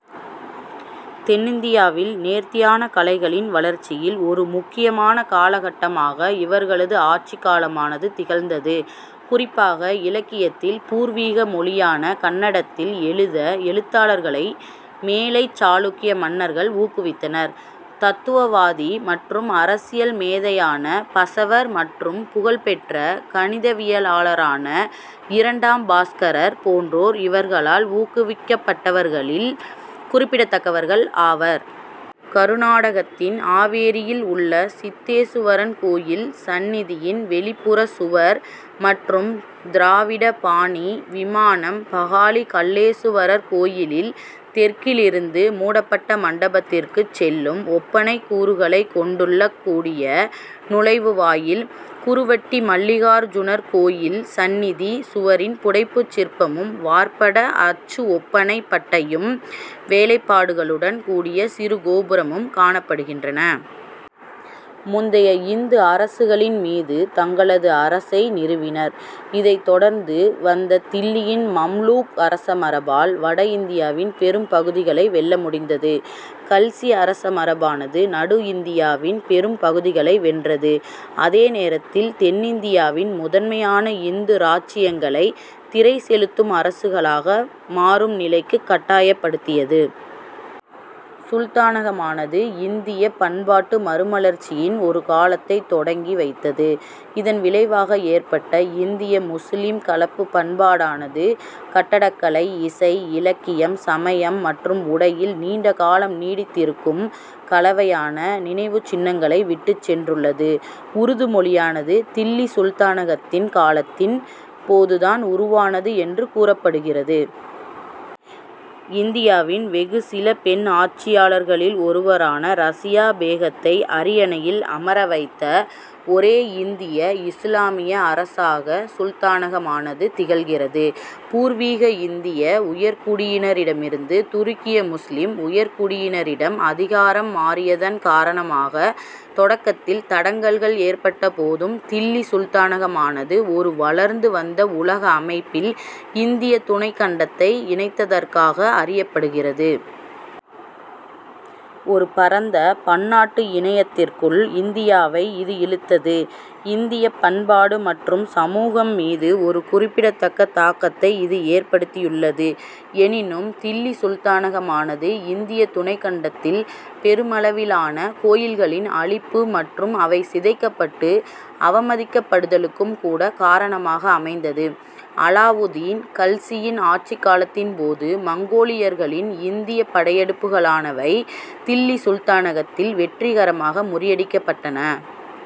தென்னிந்தியாவில் நேர்த்தியான கலைகளின் வளர்ச்சியில் ஒரு முக்கியமான காலகட்டமாக இவர்களது ஆட்சிக் காலமானது திகழ்ந்தது. குறிப்பாக இலக்கியத்தில், பூர்வீக மொழியான கன்னடத்தில் எழுத எழுத்தாளர்களை மேலைச் சாளுக்கிய மன்னர்கள் ஊக்குவித்தனர். தத்துவவாதி மற்றும் அரசியல் மேதையான பசவர் மற்றும் புகழ்பெற்ற கணிதவியலாளரான இரண்டாம் பாஸ்கரர் போன்றோர் இவர்களால் ஊக்குவிக்கப்பட்டவர்களில் குறிப்பிடத்தக்கவர்கள் ஆவர். கருநாடகத்தின் ஆவேரியில் உள்ள சித்தேசுவரன் கோயில் சன்னிதியின் வெளிப்புற சுவர் மற்றும் "திராவிட" பாணி விமானம் பகாலி கல்லேசுவரர் கோயிலில் தெற்கிலிருந்து மூடப்பட்ட மண்டபத்திற்குச் செல்லும் ஒப்பனைக் கூறுகளைக் கொண்டுள்ள கூடிய நுழைவு வாயில் குருவட்டி மல்லிகார்ஜுனர் கோயில் சன்னிதி சுவரின் புடைப்புச் சிற்பமும், வார்ப்பட அச்சு ஒப்பனைப் பட்டையும், வேலைப்பாடுகளுடன் கூடிய சிறு கோபுரமும் காணப்படுகின்றன. முந்தைய இந்து அரசுகளின் மீது தங்களது அரசை நிறுவினர். இதைத் தொடர்ந்து வந்த தில்லியின் மம்லூக் அரசமரபால் வட இந்தியாவின் பெரும் பகுதிகளை வெல்ல முடிந்தது. கல்சி அரசமரபானது நடு இந்தியாவின் பெரும் பகுதிகளை வென்றது. அதே நேரத்தில், தென்னிந்தியாவின் முதன்மையான இந்து இராச்சியங்களை திறை செலுத்தும் அரசுகளாக மாறும் நிலைக்குக் கட்டாயப்படுத்தியது. சுல்தானகமானது இந்தியப் பண்பாட்டு மறுமலர்ச்சியின் ஒரு காலத்தைத் தொடங்கி வைத்தது. இதன் விளைவாக ஏற்பட்ட "இந்திய-முசுலிம்" கலப்புப் பண்பாடானது கட்டடக்கலை, இசை, இலக்கியம், சமயம் மற்றும் உடையில் நீண்ட காலம் நீடித்திருக்கும் கலவையான நினைவுச் சின்னங்களை விட்டுச் சென்றுள்ளது. உருது மொழியானது தில்லி சுல்தானகத்தின் காலத்தின் போது தான் உருவானது என்று கூறப்படுகிறது. இந்தியாவின் வெகு சில பெண் ஆட்சியாளர்களில் ஒருவரான ரசியா பேகத்தை அரியணையில் அமர வைத்த ஒரே இந்திய இசுலாமிய அரசாக சுல்தானகமானது திகழ்கிறது. பூர்வீக இந்திய உயர்குடியினரிடமிருந்து துருக்கிய முசுலிம் உயர்குடியினரிடம் அதிகாரம் மாறியதன் காரணமாக தொடக்கத்தில் தடங்கல்கள் ஏற்பட்ட போதும் தில்லி சுல்தானகமானது ஒரு வளர்ந்து வந்த உலக அமைப்பில் இந்திய துணைக் கண்டத்தை இணைத்ததற்காக அறியப்படுகிறது. ஒரு பரந்த பன்னாட்டு இணையத்திற்குள் இந்தியாவை இது இழுத்தது. இந்தியப் பண்பாடு மற்றும் சமூகம் மீது ஒரு குறிப்பிடத்தக்க தாக்கத்தை இது ஏற்படுத்தியுள்ளது. எனினும், தில்லி சுல்தானகமானது இந்திய துணைக்கண்டத்தில் பெருமளவிலான கோயில்களின் அழிப்பு மற்றும் அவை சிதைக்கப்பட்டு அவமதிக்கப்படுதலுக்கும் கூட காரணமாக அமைந்தது. அலாவுதீன் கல்சியின் ஆட்சிக் காலத்தின் போது மங்கோலியர்களின் இந்தியப் படையெடுப்புகளானவை தில்லி சுல்தானகத்தால் வெற்றிகரமாக முறியடிக்கப்பட்டன.